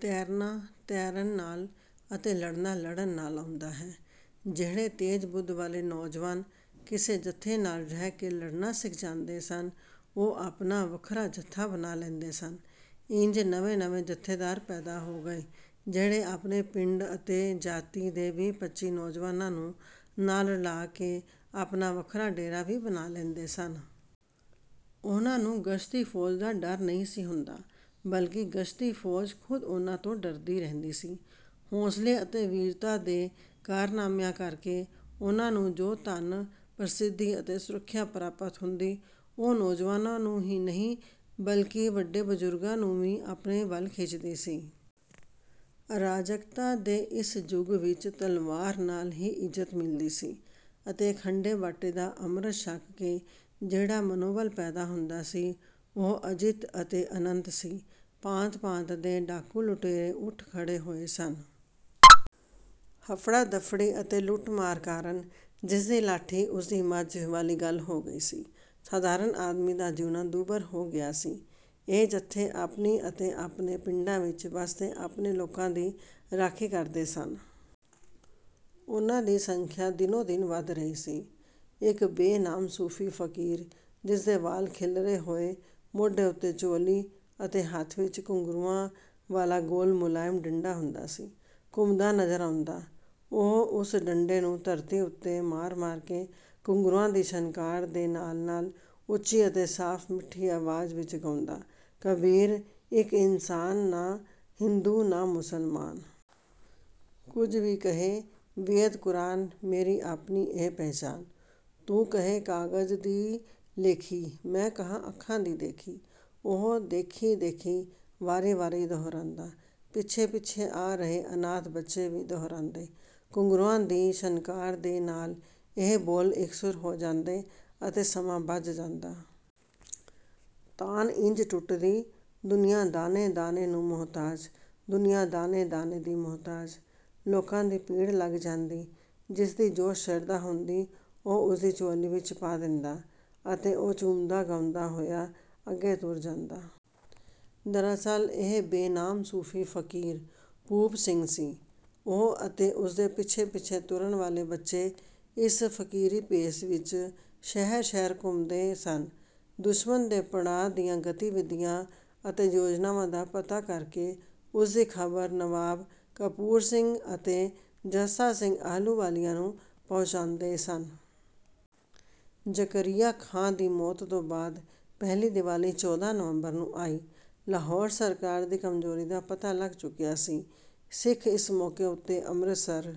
ਤੈਰਨਾ ਤੈਰਨ ਨਾਲ ਅਤੇ ਲੜਨਾ ਲੜਨ ਨਾਲ ਆਉਂਦਾ ਹੈ। ਜਿਹੜੇ ਤੇਜ਼-ਬੁੱਧ ਵਾਲੇ ਨੌਜਵਾਨ ਕਿਸੇ ਜੱਥੇ ਨਾਲ ਰਹਿ ਕੇ ਲੜਨਾ ਸਿੱਖ ਜਾਂਦੇ ਸਨ ਉਹ ਆਪਣਾ ਵੱਖਰਾ ਜੱਥਾ ਬਣਾ ਲੈਂਦੇ ਸਨ। ਇੰਜ ਨਵੇਂ-ਨਵੇਂ ਜੱਥੇਦਾਰ ਪੈਦਾ ਹੋ ਗਏ ਜਿਹੜੇ ਆਪਣੇ ਪਿੰਡ ਅਤੇ ਜਾਤੀ ਦੇ ਵੀਹ-ਪੱਚੀ ਨੌਜਵਾਨਾਂ ਨੂੰ ਨਾਲ ਰਲਾ ਕੇ ਆਪਣਾ ਵੱਖਰਾ ਡੇਰਾ ਵੀ ਬਣਾ ਲੈਂਦੇ ਸਨ। ਉਹਨਾਂ ਨੂੰ ਗਸ਼ਤੀ ਫੌਜ ਦਾ ਡਰ ਨਹੀਂ ਸੀ ਹੁੰਦਾ ਬਲਕਿ ਗਸ਼ਤੀ ਫੌਜ ਖ਼ੁਦ ਉਹਨਾਂ ਤੋਂ ਡਰਦੀ ਰਹਿੰਦੀ ਸੀ। ਹੌਂਸਲੇ ਅਤੇ ਵੀਰਤਾ ਦੇ ਕਾਰਨਾਮਿਆਂ ਕਰਕੇ ਉਹਨਾਂ ਨੂੰ ਜੋ ਧਨ, ਪ੍ਰਸਿੱਧੀ ਅਤੇ ਸੁਰੱਖਿਆ ਪ੍ਰਾਪਤ ਹੁੰਦੀ ਉਹ ਨੌਜਵਾਨਾਂ ਨੂੰ ਹੀ ਨਹੀਂ ਬਲਕਿ ਵੱਡੇ ਬਜ਼ੁਰਗਾਂ ਨੂੰ ਵੀ ਆਪਣੇ ਵੱਲ ਖਿੱਚਦੀ ਸੀ। ਅਰਾਜਕਤਾ ਦੇ ਇਸ ਯੁੱਗ ਵਿੱਚ ਤਲਵਾਰ ਨਾਲ ਹੀ ਇੱਜ਼ਤ ਮਿਲਦੀ ਸੀ ਅਤੇ ਖੰਡੇ-ਬਾਟੇ ਦਾ ਅੰਮ੍ਰਿਤ ਛਕ ਕੇ ਜਿਹੜਾ ਮਨੋਬਲ ਪੈਦਾ ਹੁੰਦਾ ਸੀ ਉਹ ਅਜਿੱਤ ਅਤੇ ਅਨੰਤ ਸੀ। ਭਾਂਤ-ਭਾਂਤ ਦੇ ਡਾਕੂ-ਲੁਟੇਰੇ ਉੱਠ ਖੜ੍ਹੇ ਹੋਏ ਸਨ। ਹਫੜਾ-ਦਫੜੀ ਅਤੇ ਲੁੱਟ-ਮਾਰ ਕਾਰਨ "ਜਿਸਦੀ ਲਾਠੀ ਉਸਦੀ ਮੱਝ" ਵਾਲੀ ਗੱਲ ਹੋ ਗਈ ਸੀ। ਸਾਧਾਰਨ ਆਦਮੀ ਦਾ ਜਿਉਣਾ ਦੁੱਭਰ ਹੋ ਗਿਆ ਸੀ। ਇਹ ਜੱਥੇ ਆਪਣੀ ਅਤੇ ਆਪਣੇ ਪਿੰਡਾਂ ਵਿੱਚ ਵੱਸਦੇ ਆਪਣੇ ਲੋਕਾਂ ਦੀ ਰਾਖੀ ਕਰਦੇ ਸਨ। ਉਹਨਾਂ ਦੀ ਸੰਖਿਆ ਦਿਨੋਂ-ਦਿਨ ਵਧ ਰਹੀ ਸੀ। ਇੱਕ ਬੇਨਾਮ ਸੂਫੀ ਫਕੀਰ ਜਿਸਦੇ ਵਾਲ ਖਿੱਲਰੇ ਹੋਏ ਮੋਢੇ ਉੱਤੇ ਝੋਲੀ ਅਤੇ ਹੱਥ ਵਿੱਚ ਘੁੰਗਰੂਆਂ ਵਾਲਾ ਗੋਲ ਮੁਲਾਇਮ ਡੰਡਾ ਹੁੰਦਾ ਸੀ ਘੁੰਮਦਾ ਨਜ਼ਰ ਆਉਂਦਾ। ਉਹ ਉਸ ਡੰਡੇ ਨੂੰ ਧਰਤੀ ਉੱਤੇ ਮਾਰ-ਮਾਰ ਕੇ ਘੁੰਗਰੂਆਂ ਦੀ ਛਣਕਾਰ ਦੇ ਨਾਲ-ਨਾਲ ਉੱਚੀ ਅਤੇ ਸਾਫ਼-ਮਿੱਠੀ ਆਵਾਜ਼ ਵਿੱਚ ਗਾਉਂਦਾ, "ਕਬੀਰ ਇੱਕ ਇਨਸਾਨ ਨਾ ਹਿੰਦੂ ਨਾ ਮੁਸਲਮਾਨ। ਕੁਝ ਵੀ ਕਹੇ ਵੇਦ ਕੁਰਾਨ ਮੇਰੀ ਆਪਣੀ ਇਹ ਪਹਿਚਾਨ। ਤੂੰ ਕਹੇਂ ਕਾਗਜ਼ ਦੀ ਲੇਖੀ ਮੈਂ ਕਹਾਂ ਅੱਖਾਂ ਦੀ ਦੇਖੀ।" ਉਹ "ਦੇਖੀ-ਦੇਖੀ" ਵਾਰੀ-ਵਾਰੀ ਦੁਹਰਾਉਂਦਾ ਪਿੱਛੇ-ਪਿੱਛੇ ਆ ਰਹੇ ਅਨਾਥ ਬੱਚੇ ਵੀ ਦੁਹਰਾਉਂਦੇ। ਘੁੰਗਰੂਆਂ ਦੀ ਛਣਕਾਰ ਦੇ ਨਾਲ ਇਹ ਬੋਲ ਇਕਸੁਰ ਹੋ ਜਾਂਦੇ ਅਤੇ ਸਮਾਂ ਬੱਝ ਜਾਂਦਾ। ਤਾਣ ਇੰਜ ਟੁੱਟਦੀ "ਦੁਨੀਆਂ ਦਾਣੇ-ਦਾਣੇ ਨੂੰ ਮੁਹਤਾਜ ਦੁਨੀਆਂ ਦਾਣੇ-ਦਾਣੇ ਦੀ ਮੁਹਤਾਜ"। ਲੋਕਾਂ ਦੀ ਭੀੜ ਲੱਗ ਜਾਂਦੀ। ਜਿਸਦੀ ਜੋ ਸ਼ਰਧਾ ਹੁੰਦੀ ਉਹ ਉਸਦੀ ਝੋਲੀ ਵਿੱਚ ਪਾ ਦਿੰਦਾ ਅਤੇ ਉਹ ਝੂਮਦਾ-ਗਾਉਂਦਾ ਹੋਇਆ ਅੱਗੇ ਤੁਰ ਜਾਂਦਾ। ਦਰਅਸਲ ਇਹ ਬੇਨਾਮ ਸੂਫੀ ਫਕੀਰ ਭੂਪ ਸਿੰਘ ਸੀ। ਉਹ ਅਤੇ ਉਸਦੇ ਪਿੱਛੇ-ਪਿੱਛੇ ਤੁਰਨ ਵਾਲੇ ਬੱਚੇ ਇਸ ਫਕੀਰੀ ਭੇਸ ਵਿੱਚ ਸ਼ਹਿਰ-ਸ਼ਹਿਰ ਘੁੰਮਦੇ ਸਨ ਦੁਸ਼ਮਣ ਦੇ ਪੜਾਅ ਦੀਆਂ ਗਤੀਵਿਧੀਆਂ ਅਤੇ ਯੋਜਨਾਵਾਂ ਦਾ ਪਤਾ ਕਰਕੇ ਉਸ ਦੀ ਖ਼ਬਰ ਨਵਾਬ ਕਪੂਰ ਸਿੰਘ ਅਤੇ ਜੱਸਾ ਸਿੰਘ ਆਹਲੂਵਾਲੀਆ ਨੂੰ ਪਹੁੰਚਾਉਂਦੇ ਸਨ। ਜ਼ਕਰੀਆ ਖਾਂ ਦੀ ਮੌਤ ਤੋਂ ਬਾਅਦ ਪਹਿਲੀ ਦੀਵਾਲੀ ਚੌਦਾਂ ਨਵੰਬਰ ਨੂੰ ਆਈ। ਲਾਹੌਰ ਸਰਕਾਰ ਦੀ ਕਮਜ਼ੋਰੀ ਦਾ ਪਤਾ ਲੱਗ ਚੁੱਕਿਆ ਸੀ। ਸਿੱਖ ਇਸ ਮੌਕੇ ਉੱਤੇ ਅੰਮ੍ਰਿਤਸਰ